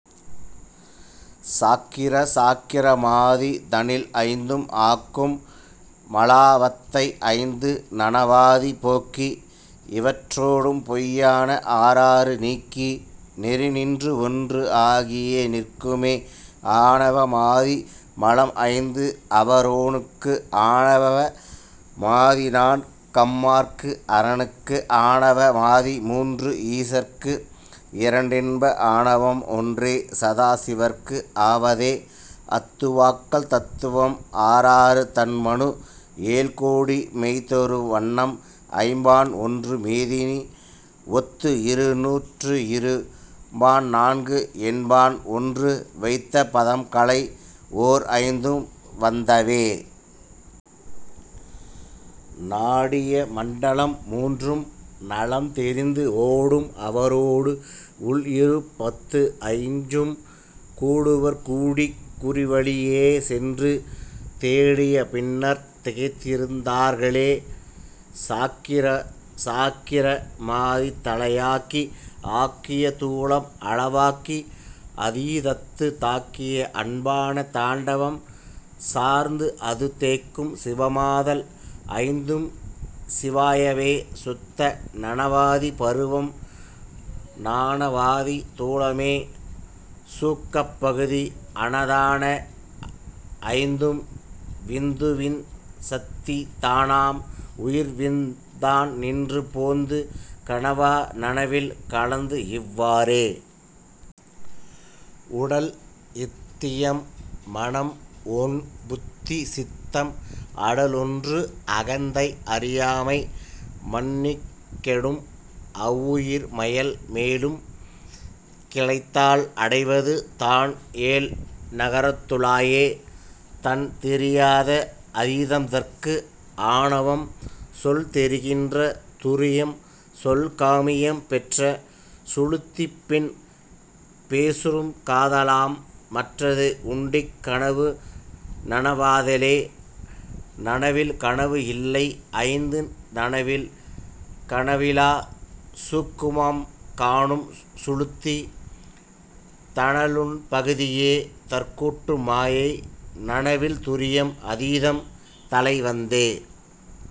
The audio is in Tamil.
சாக்கிர சாக்கிர மாதி தனில்ஐந்தும் ஆக்கும் மலாவத்தை ஐந்து நனவாதி போக்கி இவற்றொடும் பொய்யான ஆறாறு நீக்கி நெறிநின்றுஒன்று ஆகியே நிற்குமே. ஆணவ மாதி மலம்ஐந்து அவரோனுக்கு ஆணவ மாதிநான் கம்மாற்கு அரனுக்கு ஆணவ மாதிமூன்று ஈசர்க்கு இரண்டென்ப ஆணவம் ஒன்றே சதாசிவற்கு ஆவதே.. அத்துவாக்கள் தத்துவம் ஆறாறு தன்மனு ஏழ்கோடி மெய்த்தரு வன்னம்ஐம் பான்ஒன்று மேதினி ஒத்துஇரு நூற்றுஇரு பான்நான்குஎண் பான்ஒன்று வைத்த பதம்கலை ஓர்ஐந்தும் வந்தவே. நாடிய மண்டலம் மூன்றும் நலந்தெரிந்து ஓடும் அவரோடு உள்இரு பத்துஐஞ்சும் கூடுவர் கூடிக் குறிவழி யேசென்று தேடிய பின்னர்த் திகைத்திருந் தார்களே. சாக்கிர சாக்கிர மாதித் தலையாக்கி ஆக்கிய தூலம் அளவாக்கி அதீதத்துத் தாக்கிய அன்பான தாண்டவம் சார்ந்துஅது தேக்கும் சிவமாதல் ஐந்தும் சிவாயவே.. சுத்த நனவாதி பருவம் நானவாதி தூலமே சூக்கப் பகுதி அனதான ஐந்தும் விந்துவின் சத்தி தனதாம் உயிர்விந்து தான்நின்று போந்து கனவா நனவில் கலந்ததுஇவ் வாறே. உடல்இந் தியம்மனம் ஒண்புத்தி சித்தம் அடலொன்று அகந்தை அறியாமை மன்னிக் கெடும்அவ் வுயிர்மயல் மேலும் கிளைத்தால் அடைவது தான்ஏழ் நரகத்து ளாயே. தன்தெரியாத அதீதம்தற்கு ஆணவம் சொல்தெரி கின்ற துரியம்சொல் காமியம் பெற்ற சுழுத்திப்பின் பேசுறும் காதலாம் மற்றது உண்டிக் கனவுநன வாதலே. நனவில் கனவுஇல்லை ஐந்து நனவில் கனவிலாச் சூக்குமம் காணும் சுழுத்தி தனலுண் பகுதியே தற்கூட்டும் மாயை நனவில் துரியம் அதீதம் தலைவந்தே.